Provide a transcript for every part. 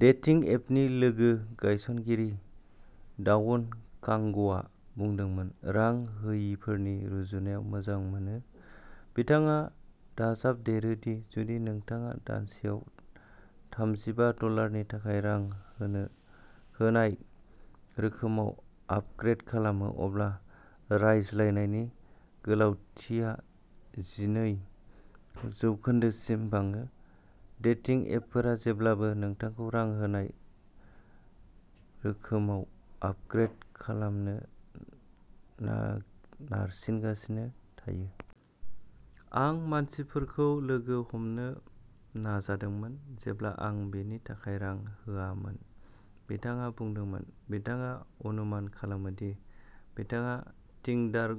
Dating एपनि लोगो गायसनगिरि दावुन कांगआ बुंदोंमोन, रां होयिफोरनि रुजुनायाव मोजां मोनो। बिथाङा दाजाबदेरो दि जुदि नोंथाङा दानसेआव थामजिबा डलारनि थाखाय रां होनाय रोखोमाव आपग्रेद खालामो, अब्ला रायज्लायनायनि गोलावथिया जिनै जौखोन्दोसिम बाङो। डेटिं एपफोरा जेब्लाबो नोंथांखौ रां होनाय रोखोमाव आपग्रेद खालामनो नार नारसिनगासिनो थायो। आं मानसिफोरखौ लोगो हमनो जागायदोंमोन जेब्ला आं बेनि थाखाय रां होआमोन बिथाङा बुंदोंमोन। बिथाङा अनुमान खालामो दि बिथाङा टिंडार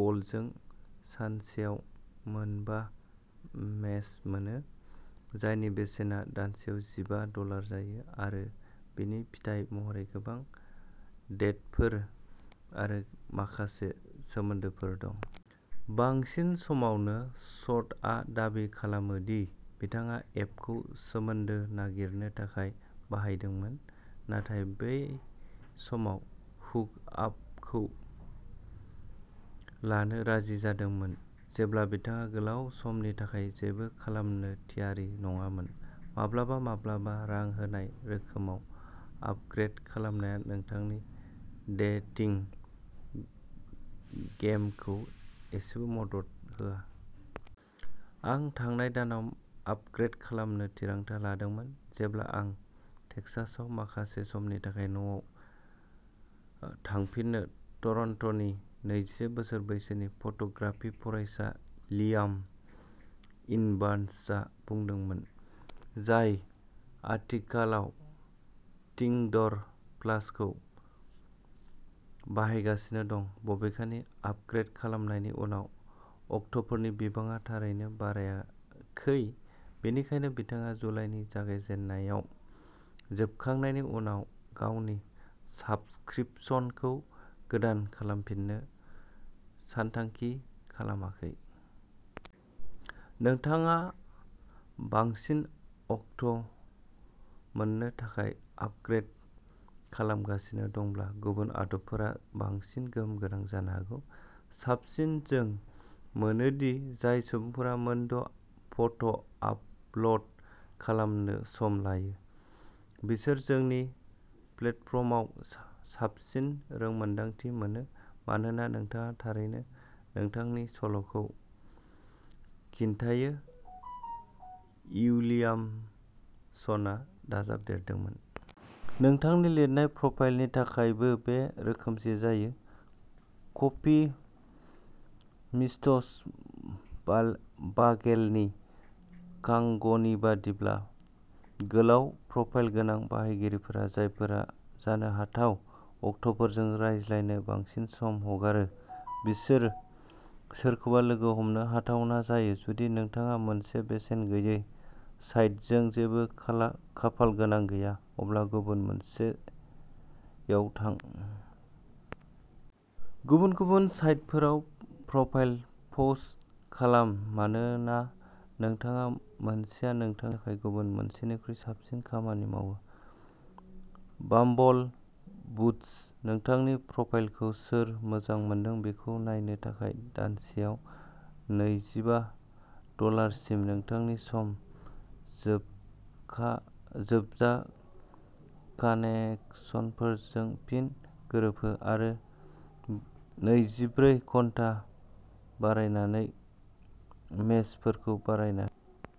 गल्डजों सानसेयाव मोनबा मेच मोनो, जायनि बेसेना दानसेआव जिबा डलार जायो, आरो बिनि फिथाय महरै गोबां डेटफोर आरो माखासे सोमोन्दोफोर दं। बांसिन समावनो स'ट'आ दाबि खालामो दि बिथाङा एपखौ सोमोन्दो नागिरनो थाखाय बाहायदोंमोन, नाथाय बै समाव हुकआपखौ लानो राजि जादोंमोन जेब्ला बिथाङा गोलाव समनि थाखाय जेबो खालामनो थियारि नङामोन। माब्लाबा-माब्लाबा रां होनाय रोखोमाव आपग्रेद खालामनाया नोंथांनि डेटिं गेमखौ एसेबो मदद होआ। आं थांनाय दानाव आपग्रेद खालामनो थिरांथा लादोंमोन, जेब्ला आं टेक्सासआव माखासे समनि थाखाय न'आव थांफिनो ट'रन्ट'नि नैजिसे बोसोर बैसोनि फट'ग्राफि फरायसा लियाम इभान्सआ बुंदोंमोन, जाय आथिखालाव टिंडर प्लसखौ बाहायगासिनो दं। बबेखानि आपग्रेद खालामनायनि उनाव अक्ट'फोरनि बिबाङा थारैनो बाराखै बेनिखायनो बिथाङा जुलाइनि जागायजेन्नायाव जोबखांनायनि उनाव गावनि साब्सक्रिपशनखौ गोदान खालामफिननो सानथांखि खालामाखै। नोंथाङा बांसिन अक्ट' मोन्नो थाखाय आपग्रेद खालामगासिनो दंब्ला, गुबुन आदबफोरा बांसिन गोहोम गोनां जानो हागौ। साबसिन जों मोनो दि जाय सुबुंफोरा मोनद' फट' आपल'ड खालामनो सम लायो, बिसोर जोंनि प्लेटफर्मआव साबसिन रोंमोन्दांथि मोनो मानोना नोंथाङा थारैनो नोंथांनि सल'खौ खिन्थायो उइलियामसनआ दाजाबदेरदोंमोन। नोंथांनि लिरनाय प्रफाइलनि थाखायबो बे रोखोमसे जायो। कफि मिट्स बा बागेलनि कांगनि बायदिब्ला, गोलाव प्रफाइल गोनां बाहायगिरिफोरा जायफोरा जानो हाथाव अक्ट'फोरजों रायज्लायनो बांसिन सम हगारो, बिसोर सोरखौबा लोगो हमनो हाथावना जायो। जुदि नोंथाङा मोनसे बेसेन गैयै साइटजों जेबो खाला खाफालगोनां गैया, अब्ला गुबुन मोनसेआव थां। गुबुन-गुबुन साइटफोराव प्रफाइल पस्ट खालाम मानोना नोंथाङा मोनसेया नोंथांनि थाखाय गुबुन मोनसेनिख्रुइ साबसिन खामानि मावो। बाम्बल बुस्ट नोंथांनि प्रफाइलखौ सोर मोजां मोनदों बेखौ नायनो थाखाय दानसेआव नैजिबा डलार सिम, नोंथांनि सम जोबखा जोबजा कानेकसनफोरजों फिन गोरोबहो, आरो नैजिब्रै घन्टा बारायनानै मेचफोरखौ बारायना हो।